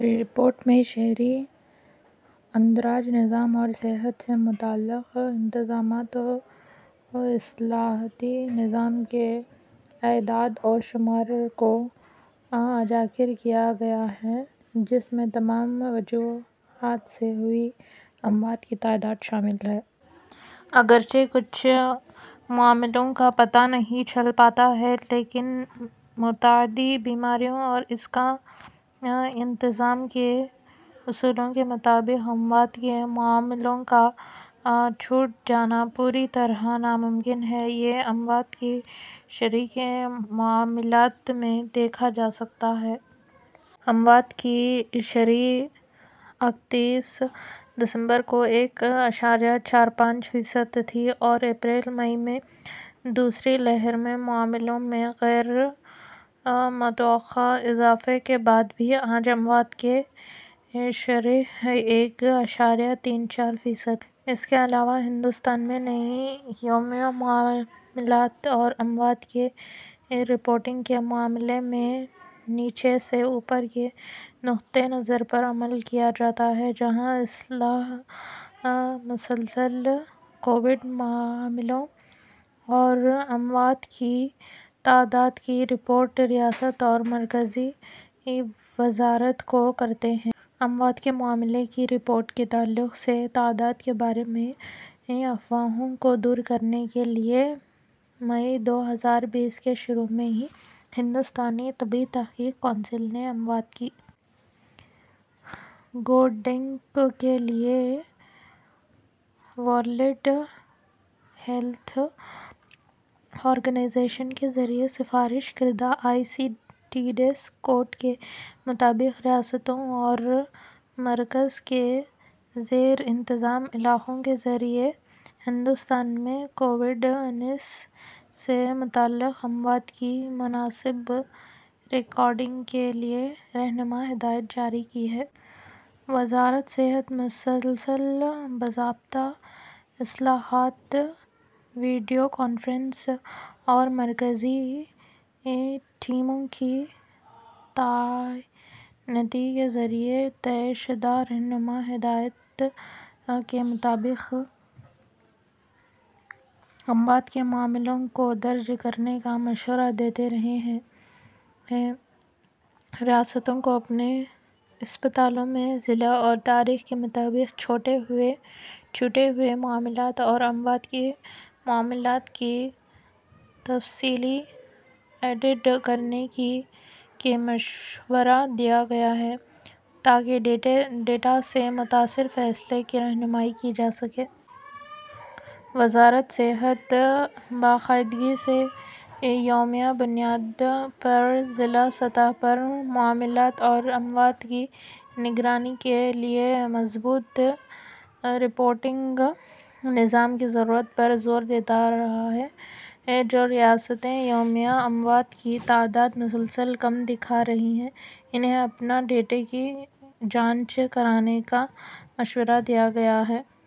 Report میں شہری اندراج نظام اور صحت سے متعلق انتظامات و اطلاعاتی نظام کے اعداد و شمار کو اجاگر کیا گیا ہے جس میں تمام وجوہات سے ہوئی اموات کی تعداد شامل ہے۔ اگرچہ کچھ معاملوں کا پتہ نہیں چل پاتا ہے لیکن متعدی بیماریوں اور اس کے انتظام کے اصولوں کے مطابق اموات کے معاملوں کا چھوٹ جانا پوری طرح ناممکن ہے۔ یہ اموات کی شرح کے معاملات میں دیکھا جا سکتا ہے۔ اموات کی شرح اکتیس دسمبر کو ایک اشاریہ چار پانچ فیصد تھی اور اپریل مئی میں دوسری لہر میں معاملوں میں غیر متوقع اضافے کے بعد بھی آج اموات کی شرح ایک اشاریہ تین چار فیصد ہے۔ اس کے علاوہ ہندوستان میں نئے یومیہ معاملات اور اموات کی رپورٹنگ کے معاملے میں نیچے سے اوپر کے نقطہ نظر پر عمل کیا جاتا ہے جہاں اضلاع مسلسل کووڈ معاملوں اور اموات کی تعداد کی رپورٹ ریاست اور مرکزی وزارت کو کرتے ہیں۔ اموات کے معاملے کی رپورٹ کے تعلق سے تعداد کے بارے میں افواہوں کو دور کرنے کے لیے مئی دو ہزار بیس کے شروع میں ہی ہندوستانی طبی تحقیق کونسل نے اموات کی کوڈنگ کے لیے ورلڈ ہیلتھ آرگنائزیشن کے ذریعہ سفارش کردہ آئی سی ڈی دس کوڈ کے مطابق ریاستوں اور مرکز کے زیر انتظام علاقوں کے ذریعہ ہندوستان میں کووڈ انیس سے متعلق اموات کی مناسب ریکارڈنگ کے لیے رہنما ہدایات جاری کی ہیں۔ وزارت صحت مسلسل باضابطہ اطلاعات ویڈیو کانفرنسنگ اور مرکزی ٹیموں کی تعیناتی کے ذریعہ طے شدہ رہنما ہدایات کے مطابق اموات کے معاملوں کو درج کرنے کا مشورہ دیتا رہا ہے۔ ریاستوں کو اپنے اسپتالوں میں ضلع اور تاریخ کے مطابق چھوٹے ہوئے معاملات اور اموات کے معاملات کی تفصیلی آڈٹ کرانے کا مشورہ دیا گیا ہے تاکہ ڈاٹا سے متاثر فیصلے کی رہنمائی کی جا سکے۔ وزارت صحت باقاعدگی سے یومیہ بنیاد پر ضلع سطح پر معاملات اور اموات کی نگرانی کے لیے مضبوط رپورٹنگ نظام کی ضرورت پر زور دیتا رہا ہے۔ جو ریاستیں یومیہ اموات کی تعداد مسلسل کم دکھا رہی ہیں انہیں اپنے ڈاٹا کی جانچ کرانے کا مشورہ دیا گیا ہے۔